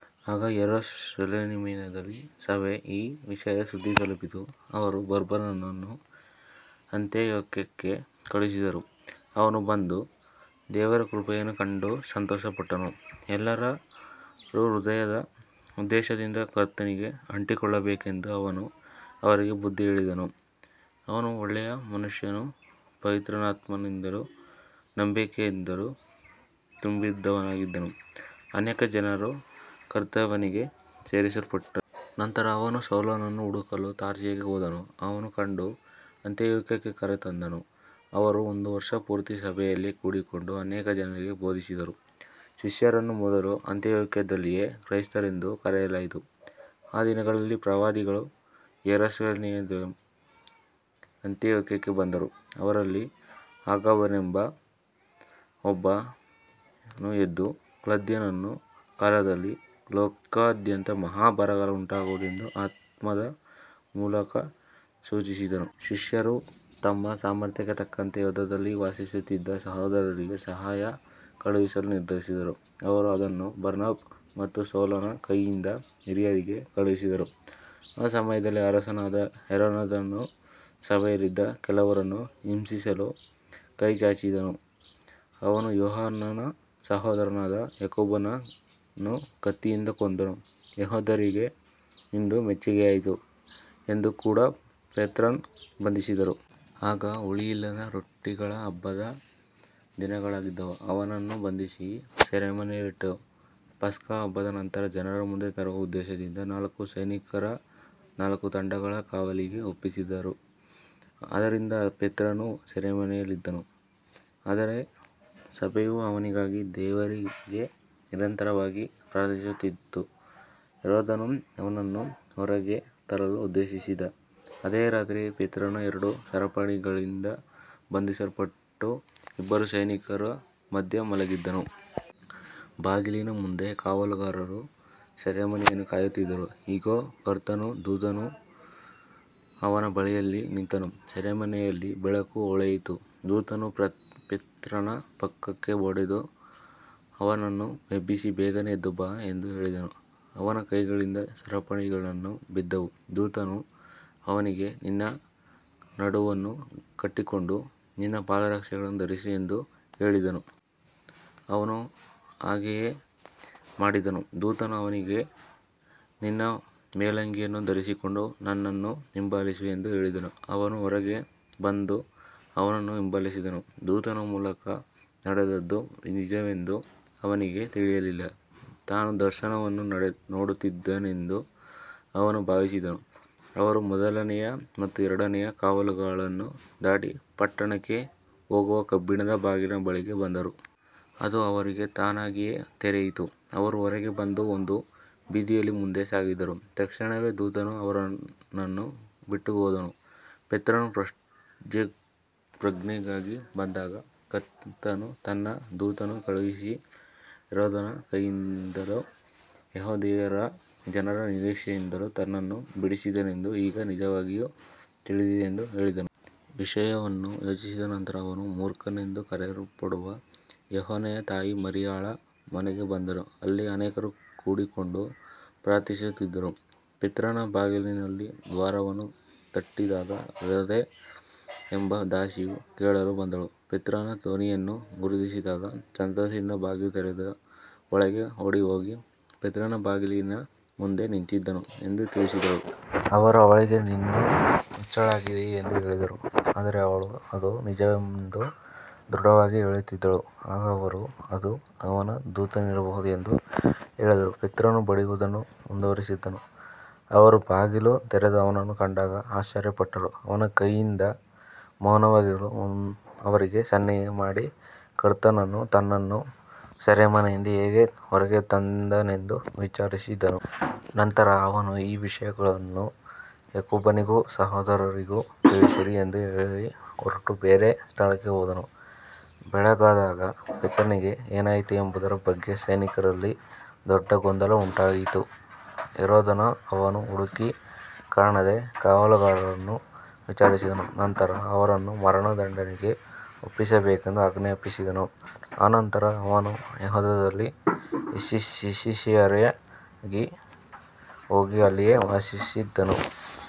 ಆಗ ಯೆರೂಸಲೇಮಿನಲ್ಲಿದ್ದ ಸಭೆಗೆ ಈ ವಿಷಯದ ಸುದ್ದಿ ತಲುಪಿತು. ಅವರು ಬರ್ನಬನನ್ನು ಅಂತಿಯೋಕ್ಯಕ್ಕೆ ಕಳುಹಿಸಿದರು. ಅವನು ಬಂದು ದೇವರ ಕೃಪೆಯನ್ನು ಕಂಡು ಸಂತೋಷಪಟ್ಟನು. ಎಲ್ಲರೂ ಹೃದಯದ ಉದ್ದೇಶದಿಂದ ಕರ್ತನಿಗೆ ಅಂಟಿಕೊಳ್ಳಬೇಕೆಂದು ಅವನು ಅವರಿಗೆ ಬುದ್ಧಿಹೇಳಿದನು. ಅವನು ಒಳ್ಳೆಯ ಮನುಷ್ಯನೂ ಪವಿತ್ರಾತ್ಮನಿಂದಲೂ ನಂಬಿಕೆಯಿಂದಲೂ ತುಂಬಿದವನಾಗಿದ್ದನು. ಅನೇಕ ಜನರು ಕರ್ತನಿಗೆ ಸೇರಿಸಲ್ಪಟ್ಟರು. ನಂತರ ಅವನು ಸೌಲನನ್ನು ಹುಡುಕಲು ತಾರ್ಸಿಗೆ ಹೋದನು. ಅವನನ್ನು ಕಂಡು ಅಂತಿಯೋಕ್ಯಕ್ಕೆ ಕರೆತಂದನು. ಅವರು ಒಂದು ವರ್ಷ ಪೂರ್ತಿ ಸಭೆಯಲ್ಲಿ ಕೂಡಿಕೊಂಡು ಅನೇಕ ಜನರಿಗೆ ಬೋಧಿಸಿದರು. ಶಿಷ್ಯರನ್ನು ಮೊದಲು ಅಂತಿಯೋಕ್ಯದಲ್ಲಿಯೇ ಕ್ರೈಸ್ತರೆಂದು ಕರೆಯಲಾಯಿತು. ಆ ದಿನಗಳಲ್ಲಿ ಪ್ರವಾದಿಗಳು ಯೆರೂಸಲೇಮಿನಿಂದ ಅಂತಿಯೋಕ್ಯಕ್ಕೆ ಬಂದರು. ಅವರಲ್ಲಿ ಅಗಾಬನೆಂಬ ಒಬ್ಬನು ಎದ್ದು, ಕ್ಲೌದ್ಯನ ಕಾಲದಲ್ಲಿ ಲೋಕದಾದ್ಯಂತ ಮಹಾ ಬರಗಾಲ ಉಂಟಾಗುವುದೆಂದು ಆತ್ಮದ ಮೂಲಕ ಸೂಚಿಸಿದನು. ಶಿಷ್ಯರು ತಮ್ಮ ಸಾಮರ್ಥ್ಯಕ್ಕೆ ತಕ್ಕಂತೆ ಯೂದಾಯದಲ್ಲಿ ವಾಸಿಸುತ್ತಿದ್ದ ಸಹೋದರರಿಗೆ ಸಹಾಯ ಕಳುಹಿಸಲು ನಿರ್ಧರಿಸಿದರು. ಅವರು ಅದನ್ನು ಬರ್ನಬ ಮತ್ತು ಸೌಲನ ಕೈಯಿಂದ ಹಿರಿಯರಿಗೆ ಕಳುಹಿಸಿದರು. ಆ ಸಮಯದಲ್ಲಿ ಅರಸನಾದ ಹೆರೋದನು ಸಭೆಯಲ್ಲಿದ್ದ ಕೆಲವರನ್ನು ಹಿಂಸಿಸಲು ಕೈಚಾಚಿದನು. ಅವನು ಯೋಹಾನನ ಸಹೋದರನಾದ ಯಾಕೋಬನನ್ನು ಕತ್ತಿಯಿಂದ ಕೊಂದನು. ಯೆಹೂದ್ಯರಿಗೆ ಇದು ಮೆಚ್ಚಿಗೆಯಾಯಿತು ಎಂದು ಕಂಡು ಪೇತ್ರನನ್ನೂ ಬಂಧಿಸಿದನು. ಆಗ ಹುಳಿಯಿಲ್ಲದ ರೊಟ್ಟಿಗಳ ಹಬ್ಬದ ದಿನಗಳಾಗಿದ್ದವು. ಅವನನ್ನು ಬಂಧಿಸಿ ಸೆರೆಮನೆಯಲ್ಲಿಟ್ಟು, ಪಸ್ಕಹಬ್ಬದ ನಂತರ ಜನರ ಮುಂದೆ ತರುವ ಉದ್ದೇಶದಿಂದ ನಾಲ್ಕು ಸೈನಿಕರ ನಾಲ್ಕು ತಂಡಗಳ ಕಾವಲಿಗೆ ಒಪ್ಪಿಸಿದನು. ಆದ್ದರಿಂದ ಪೇತ್ರನು ಸೆರೆಮನೆಯಲ್ಲಿದ್ದನು. ಆದರೆ ಸಭೆಯು ಅವನಿಗಾಗಿ ದೇವರಿಗೆ ನಿರಂತರವಾಗಿ ಪ್ರಾರ್ಥಿಸುತ್ತಿತ್ತು. ಹೆರೋದನು ಅವನನ್ನು ಹೊರಗೆ ತರಲು ಉದ್ದೇಶಿಸಿದ್ದ ಅದೇ ರಾತ್ರಿ ಪೇತ್ರನು ಎರಡು ಸರಪಣಿಗಳಿಂದ ಬಂಧಿಸಲ್ಪಟ್ಟು ಇಬ್ಬರು ಸೈನಿಕರ ಮಧ್ಯದಲ್ಲಿ ಮಲಗಿದ್ದನು. ಬಾಗಿಲಿನ ಮುಂದೆ ಕಾವಲುಗಾರರು ಸೆರೆಮನೆಯನ್ನು ಕಾಯುತ್ತಿದ್ದರು. ಇಗೋ, ಕರ್ತನ ದೂತನು ಅವನ ಬಳಿಯಲ್ಲಿ ನಿಂತನು. ಸೆರೆಮನೆಯಲ್ಲಿ ಬೆಳಕು ಹೊಳೆಯಿತು. ದೂತನು ಪೇತ್ರನ ಪಕ್ಕಕ್ಕೆ ಹೊಡೆದು ಅವನನ್ನು ಎಬ್ಬಿಸಿ, ಬೇಗನೆ ಎದ್ದುಬಾ ಎಂದು ಹೇಳಿದನು. ಅವನ ಕೈಗಳಿಂದ ಸರಪಣಿಗಳು ಬಿದ್ದವು. ದೂತನು ಅವನಿಗೆ, ನಿನ್ನ ನಡುವನ್ನು ಕಟ್ಟಿಕೊಂಡು ನಿನ್ನ ಪಾದರಕ್ಷೆಗಳನ್ನು ಧರಿಸು ಎಂದು ಹೇಳಿದನು. ಅವನು ಹಾಗೆಯೇ ಮಾಡಿದನು. ದೂತನು ಅವನಿಗೆ, ನಿನ್ನ ಮೇಲಂಗಿಯನ್ನು ಧರಿಸಿಕೊಂಡು ನನ್ನನ್ನು ಹಿಂಬಾಲಿಸು ಎಂದು ಹೇಳಿದನು. ಅವನು ಹೊರಗೆ ಬಂದು ಅವನನ್ನು ಹಿಂಬಾಲಿಸಿದನು. ದೂತನ ಮೂಲಕ ನಡೆದದ್ದು ನಿಜವೆಂದು ಅವನಿಗೆ ತಿಳಿಯಲಿಲ್ಲ. ತಾನು ದರ್ಶನವನ್ನು ನೋಡುತ್ತಿದ್ದೇನೆಂದು ಅವನು ಭಾವಿಸಿದನು. ಅವರು ಮೊದಲನೆಯ ಮತ್ತು ಎರಡನೆಯ ಕಾವಲುಗಳನ್ನು ದಾಟಿ, ಪಟ್ಟಣಕ್ಕೆ ಹೋಗುವ ಕಬ್ಬಿಣದ ಬಾಗಿಲಿನ ಬಳಿಗೆ ಬಂದರು. ಅದು ಅವರಿಗೆ ತಾನಾಗಿಯೇ ತೆರೆಯಿತು. ಅವರು ಹೊರಗೆ ಬಂದು ಒಂದು ಬೀದಿಯಲ್ಲಿ ಮುಂದೆ ಸಾಗಿದರು. ತಕ್ಷಣವೇ ದೂತನು ಅವನನ್ನು ಬಿಟ್ಟುಹೋದನು. ಪೇತ್ರನು ಪ್ರಜ್ಞೆಗೆ ಬಂದಾಗ, ಕರ್ತನು ತನ್ನ ದೂತನನ್ನು ಕಳುಹಿಸಿ ಹೆರೋದನ ಕೈಯಿಂದಲೂ ಯೆಹೂದ್ಯರ ಜನರ ನಿರೀಕ್ಷೆಯಿಂದಲೂ ತನ್ನನ್ನು ಬಿಡಿಸಿದ್ದಾನೆಂದು ಈಗ ನಿಜವಾಗಿ ತಿಳಿದಿದೆ ಎಂದು ಹೇಳಿದನು. ವಿಷಯವನ್ನು ಯೋಚಿಸಿದ ನಂತರ ಅವನು ಮಾರ್ಕನೆಂದು ಕರೆಯಲ್ಪಡುವ ಯೋಹಾನನ ತಾಯಿ ಮರಿಯಳ ಮನೆಗೆ ಬಂದನು. ಅಲ್ಲಿ ಅನೇಕರು ಕೂಡಿಕೊಂಡು ಪ್ರಾರ್ಥಿಸುತ್ತಿದ್ದರು. ಪೇತ್ರನು ಬಾಗಿಲಿನ ದ್ವಾರವನ್ನು ತಟ್ಟಿದಾಗ ರೋದೆ ಎಂಬ ದಾಸಿಯು ಕೇಳಲು ಬಂದಳು. ಪೇತ್ರನ ಧ್ವನಿಯನ್ನು ಗುರುತಿಸಿದಾಗ ಸಂತೋಷದಿಂದ ಬಾಗಿಲು ತೆರೆಯದೆ ಒಳಗೆ ಓಡಿ ಹೋಗಿ, ಪೇತ್ರನು ಬಾಗಿಲಿನ ಮುಂದೆ ನಿಂತಿದ್ದಾನೆ ಎಂದು ತಿಳಿಸಿದಳು. ಅವರು ಅವಳಿಗೆ, ನೀನು ಹುಚ್ಚಳಾಗಿದ್ದೀಯೆ ಎಂದು ಹೇಳಿದರು. ಆದರೆ ಅವಳು ಅದು ನಿಜವೆಂದು ದೃಢವಾಗಿ ಹೇಳುತ್ತಿದ್ದಳು. ಆಗ ಅವರು, ಅದು ಅವನ ದೂತನಿರಬಹುದು ಎಂದು ಹೇಳಿದರು. ಪೇತ್ರನು ಬಡಿಯುವುದನ್ನು ಮುಂದುವರಿಸಿದನು. ಅವರು ಬಾಗಿಲು ತೆರೆದು ಅವನನ್ನು ಕಂಡಾಗ ಆಶ್ಚರ್ಯಪಟ್ಟರು. ಅವನು ಕೈಯಿಂದ ಮೌನವಾಗಿರಲು ಅವರಿಗೆ ಸನ್ನೆಮಾಡಿ, ಕರ್ತನು ತನ್ನನ್ನು ಸೆರೆಮನೆಯಿಂದ ಹೇಗೆ ಹೊರಗೆ ತಂದನೆಂದು ವಿವರಿಸಿದನು. ನಂತರ ಅವನು, ಈ ವಿಷಯಗಳನ್ನು ಯಾಕೋಬನಿಗೂ ಸಹೋದರರಿಗೂ ತಿಳಿಸಿರಿ ಎಂದು ಹೇಳಿ ಹೊರಟು ಬೇರೆ ಸ್ಥಳಕ್ಕೆ ಹೋದನು. ಬೆಳಗಾದಾಗ ಪೇತ್ರನಿಗೆ ಏನಾಯಿತು ಎಂಬುದರ ಬಗ್ಗೆ ಸೈನಿಕರಲ್ಲಿ ದೊಡ್ಡ ಗೊಂದಲ ಉಂಟಾಯಿತು. ಹೆರೋದನು ಅವನನ್ನು ಹುಡುಕಿ ಕಾಣದೆ ಕಾವಲುಗಾರರನ್ನು ವಿಚಾರಿಸಿದನು. ನಂತರ ಅವರನ್ನು ಮರಣದಂಡನೆಗೆ ಒಪ್ಪಿಸಬೇಕೆಂದು ಆಜ್ಞಾಪಿಸಿದನು. ಅನಂತರ ಅವನು ಯೂದಾಯದಿಂದ ಸಿಸೇರಿಯಾಗೆ ಹೋಗಿ ಅಲ್ಲಿಯೇ ವಾಸಿಸಿದನು.